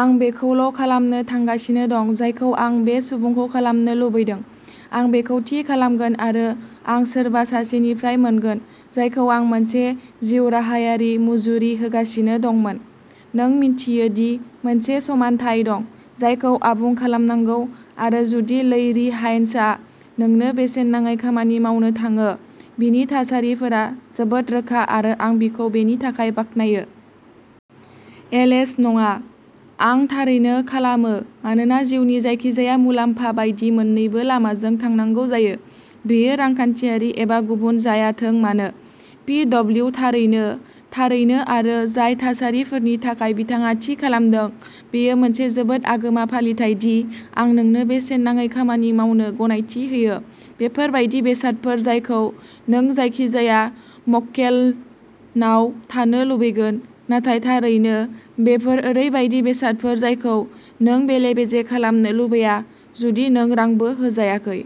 आं बेखौल'खालामनो थांगासिनो दं, जायखौ आं बे सुबुंखौ खालामनो लुबैदों। 'आं बेखौ थि खालामगोन आरो आं सोरबा सासेनिफ्राय मोनगोन जायखौ आं मोनसे जिउराहायारि मुजुरि होगासिनो दंमोन। "नों मिन्थियो दि मोनसे समानथाय दं जायखौ आबुं खालामनांगौ आरो जुदि लैरी हाइन्सआ नोंनो बेसेन नाङै खामानि मावनो थाङो, बिनि थासारिफोरा जोबोद रोखा आरो आं बिखौ बेनि थाखाय बाख्नायो। एलएचः नङा, आं थारैनो खालामो मानोना जिउनि जायखिजाया मुलाम्फा बायदि मोन्नैबो लामाजों थांनांगौ जायो, बेयो रांखान्थियारि एबा गुबुन जायाथों मानो। पिडब्लिउः थारैनो, थारैनो आरो जाय थासारिफोरनि थाखाय बिथाङा थि खालामदों," बेयो मोनसे जोबोद आगोमा फालिथाय दि आं नोंनो बेसेन नाङै खामानि मावनो गनायथि होयो "बेफोर बायदि बेसादफोर जायखौ नों जायखिजाया मक्केलनाव थानो लुबैगोन नाथाय थारैनो बेफोर ओरैबायदि बेसादफोर जायखौ नों बेले-बेजे खालामनो लुबैया जुदि नों रांबो होजायाखै।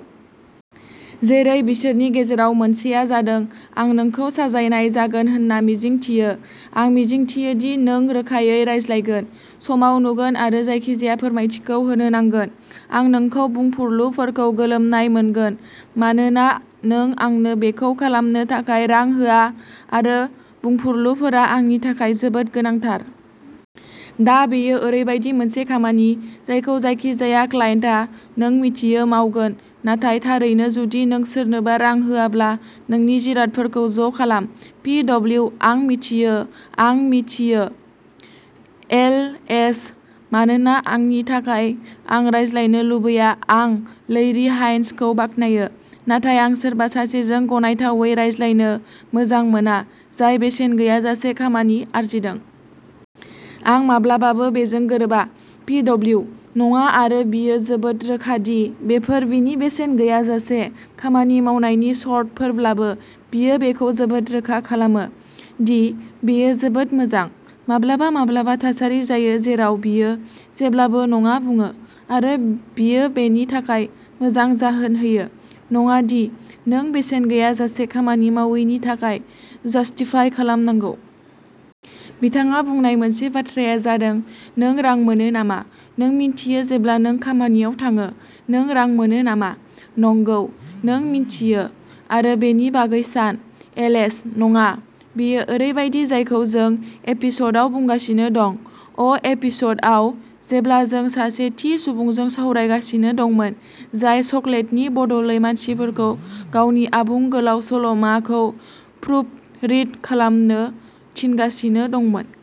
जेरै बिसोरनि गेजेराव मोनसेआ जादों, "आं नोंखौ साजायनाय जागोन होनना मिजिंथियो। आं मिजिंथियो दि नों रोखायै रायज्लायगोन, समाव नुगोन आरो जायखिजाया फोरमायथिखौ होनो नांगोन। आं नोंखौ बुंफुरलुफोरखौ गोलोमनाय मोनगोन मानोना नों आंनो बेखौ खालामनो थाखाय रां होआ आरो बुंफुरलुफोरा आंनि थाखाय जोबोद गोनांथार। " दा बेयो ओरैबायदि मोनसे खामानि, जायखौ जायखिजाया क्लाइन्टआ, नों मिथियो, मावगोन नाथाय थारैनो जुदि नों सोरनोबा रां होआब्ला नोंनि जिरादफोरखौ ज'खालाम। पिडब्लिउः आं मिथियो, आं मिथियो। एलएचः मानोना आंनि थाखाय आं रायज्लायनो लुबैयाआं लैरी हाइन्स खौ बाख्नायो, नाथाय आं सोरबा सासेजों गनायथावै रायज्लायनो मोजां मोना जाय बेसेन गैयाजासे खामानि आरजिदों। आं माब्लाबाबो बेजों गोरोबा। पिडब्लिउः नङा आरो बियो जोबोद रोखा दि बेफोर बिनि बेसेन गैयाजासे खामानि मावनायनि सर्तफोरब्लाबो बियो बेखौ जोबोद रोखा खालामो दि बेयो जोबोद मोजां। माब्लाबा-माब्लाबा थासारि जायो जेराव बियो जेब्लाबो नङा बुङो आरो बियो बेनि थाखाय मोजां जाहोन होयो, नङा दि नों बेसेन गैयाजासे खामानि मावैनि थाखाय जस्टिफाइ खालामनांगौ। बिथाङा बुंनाय मोनसे बाथ्राया जादों, "नों रां मोनो नामा? नों मिन्थियो जेब्ला नों खामानियाव थाङो नों रां मोनो नामा? " नंगौ, नों मिन्थियो, आरो बेनि बागै सान। एलएचः नङा, बेयो ओरैबायदि जायखौ जों एपिस'ड आव बुंगासिनो दं, अ'एपिस'ड आव, जेब्ला जों सासे थि सुबुंजों सावरायगासिनो दंमोन जाय चकलेटनि बदलै मानसिफोरखौ गावनि आबुं गोलाव सल'माखौ प्रुफरिड खालामनो थिनगासिनो दंमोन।